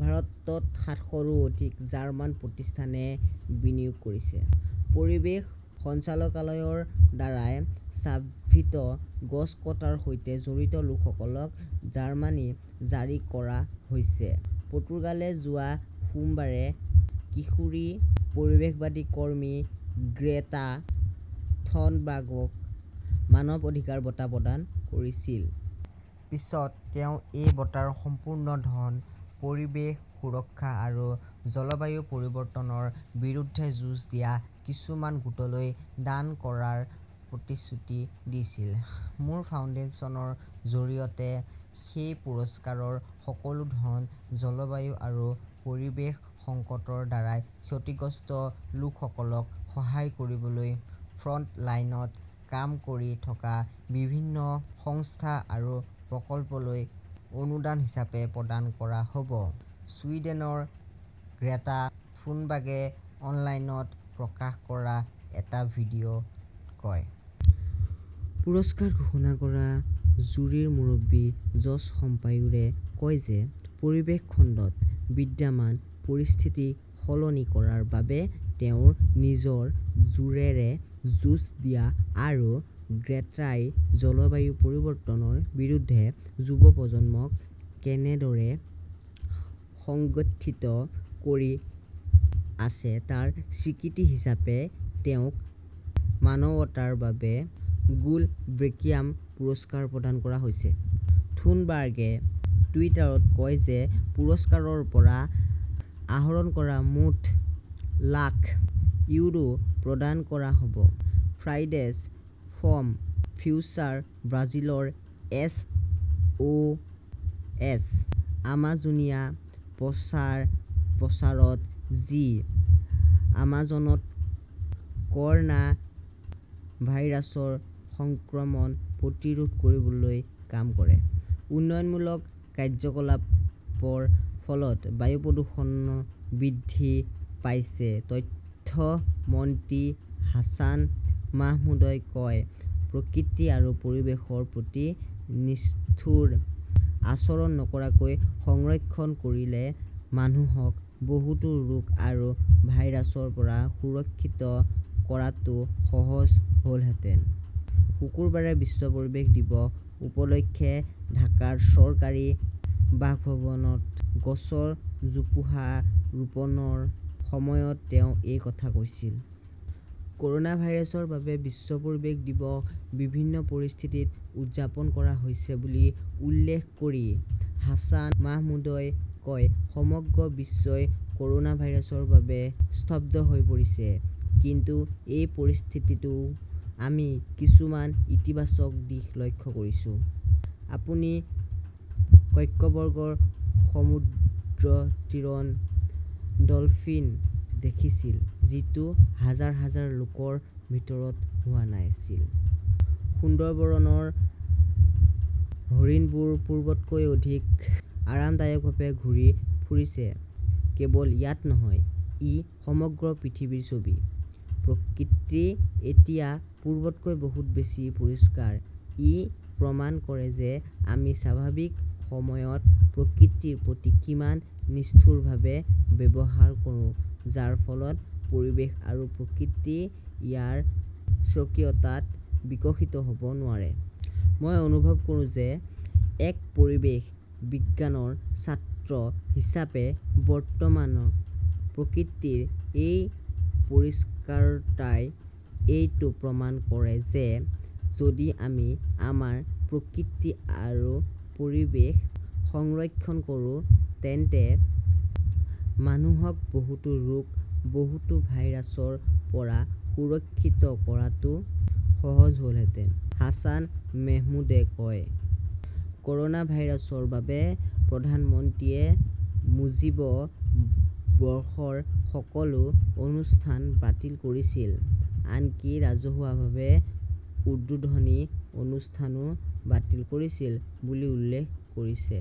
ভাৰতত সাতশ ৰো অধিক জাৰ্মান প্ৰতিষ্ঠানে বিনিয়োগ কৰিছে। পৰিৱেশ সঞ্চালকালয়ৰ দ্বাৰা চাভিত গছ কটাৰ সৈতে জড়িত লোকসকলক জাননী জাৰি কৰা হৈছে পৰ্তুগালে যোৱা সোমবাৰে কিশোৰী পৰিৱেশবাদী কৰ্মী গ্ৰেটা থনবাৰ্গক মানৱ অধিকাৰ বঁটা প্ৰদান কৰিছিল। পিছত তেওঁ এই বঁটাৰ সম্পূৰ্ণ ধন পৰিৱেশ সুৰক্ষা আৰু জলবায়ু পৰিৱৰ্তনৰ বিৰুদ্ধে যুঁজ দিয়া কিছুমান গোটলৈ দান কৰাৰ প্ৰতিশ্ৰুতি দিছিল। "মোৰ ফাউণ্ডেশ্যনৰ জৰিয়তে সেই পুৰস্কাৰৰ সকলো ধন জলবায়ু আৰু পৰিৱেশ সংকটৰ দ্বাৰা ক্ষতিগ্ৰস্ত লোকসকলক সহায় কৰিবলৈ ফ্ৰণ্টলাইনত কাম কৰি থকা বিভিন্ন সংস্থা আৰু প্ৰকল্পলৈ অনুদান হিচাপে প্ৰদান কৰা হ" ব ", ছুইডেনৰ গ্ৰেটা থুনবাৰ্গে অনলাইনত প্ৰকাশ কৰা এটা ভিডিঅ' ত কয়। পুৰস্কাৰ ঘোষণা কৰা জুৰীৰ মুৰব্বী জৰ্জ সাম্পায়োৱে কয় যে পৰিৱেশ খণ্ডত বিদ্যমান পৰিস্থিতি সলনি কৰাৰ বাবে তেওঁৰ নিজৰ জোৰেৰে যুঁজ দিয়া আৰু গ্ৰেটাই জলবায়ু পৰিৱৰ্তনৰ বিৰুদ্ধে যুৱ প্ৰজন্মক কেনেদৰে সংগঠিত কৰি আছে তাৰ স্বীকৃতি হিচাপে তেওঁক মানৱতাৰ বাবে গুলবেঙ্কিয়ান পুৰস্কাৰ প্ৰদান কৰা হৈছে। থুনবাৰ্গে টুইটাৰত কয় যে পুৰস্কাৰৰ পৰা আহৰণ কৰা মুঠ লাখ ইউৰো প্ৰদান কৰা হ'ব। ফ্ৰাইডেজ ফৰ ফিউচাৰ ব্ৰাজিলৰ "এছ. অ'. এছ. আমাজোনিয়া" প্ৰচাৰ প্ৰচাৰত যি আমাজনত কৰ 'না ভাইৰাছৰ সংক্ৰমণ প্ৰতিৰোধ কৰিবলৈ কাম কৰে। উন্নয়নমূলক কাৰ্যকলাপৰ ফলত বায়ু প্ৰদূষণ বৃদ্ধি পাইছে তথ্য মন্ত্ৰী হাছান মাহমুদই কয়, প্ৰকৃতি আৰু পৰিৱেশৰ প্ৰতি নিষ্ঠুৰ আচৰণ নকৰাকৈ সংৰক্ষণ কৰিলে মানুহক বহুতো ৰোগ আৰু ভাইৰাছৰ পৰা সুৰক্ষিত কৰাটো সহজ হ'লহেঁতেন। শুকুৰবাৰে বিশ্ব পৰিৱেশ দিৱস উপলক্ষে ঢাকাৰ চৰকাৰী বাসভৱনত গছৰ জোপোহা ৰোপণৰ সময়ত তেওঁ এই কথা কৈছিল। কৰ'না ভাইৰাছৰ বাবে বিশ্ব পৰিৱেশ দিৱস বিভিন্ন পৰিস্থিতিত উদযাপন কৰা হৈছে বুলি উল্লেখ কৰি হাছান মাহমুদই কয়, সমগ্ৰ বিশ্বই ক'ৰনা ভাইৰাছৰ বাবে স্তব্ধ হৈ পৰিছে। কিন্তু এই পৰিস্থিতিতও আমি কিছুমান ইতিবাচক দিশ লক্ষ্য কৰিছো। আপুনি কক্সবৰ্গৰ সমুদ্ৰতীৰত ডলফিন দেখিছিল, যিটো হাজাৰ হাজাৰ লোকৰ ভিৰত হোৱা নাছিল। সুন্দৰবনৰ হৰিণবোৰ পূৰ্বতকৈ অধিক আৰামদায়কভাৱে ঘূৰি ফুৰিছে। কেৱল ইয়াত নহয়, ই সমগ্ৰ পৃথিৱীৰ ছবি। প্ৰকৃতি এতিয়া পূৰ্বতকৈ বহু বেছি পৰিষ্কাৰ। ই প্ৰমাণ কৰে যে আমি স্বাভাৱিক সময়ত প্ৰকৃতিৰ প্ৰতি কিমান নিষ্ঠুৰভাৱে ব্যৱহাৰ কৰোঁ, যাৰ ফলত পৰিৱেশ আৰু প্ৰকৃতি ইয়াৰ স্বকীয়তাত বিকশিত হ 'ব নোৱাৰে। মই অনুভৱ কৰোঁ যে, এক পৰিৱেশ বিজ্ঞানৰ ছাত্ৰ হিচাপে বৰ্তমানৰ প্ৰকৃতিৰ এই পৰিষ্কাৰতাই এইটোও প্ৰমাণ কৰে যে যদি আমি আমাৰ প্ৰকৃতি আৰু পৰিৱেশ সংৰক্ষণ কৰোঁ, তেন্তে মানুহক বহুতো ৰোগ, বহুতো ভাইৰাছৰ পৰা সুৰক্ষিত কৰাটো সহজ হলহেঁতেন, হাছান মেহমুদে কয়। ক'ৰনা ভাইৰাছৰ বাবে প্ৰধানমন্ত্ৰীয়ে মুজীব বৰ্ষৰ সকলো অনুষ্ঠান বাতিল কৰিছিল, আনকি ৰাজহুৱাভাৱে উদ্বোধনী অনুষ্ঠানও বাতিল কৰিছিল "বুলি উল্লেখ কৰিছে।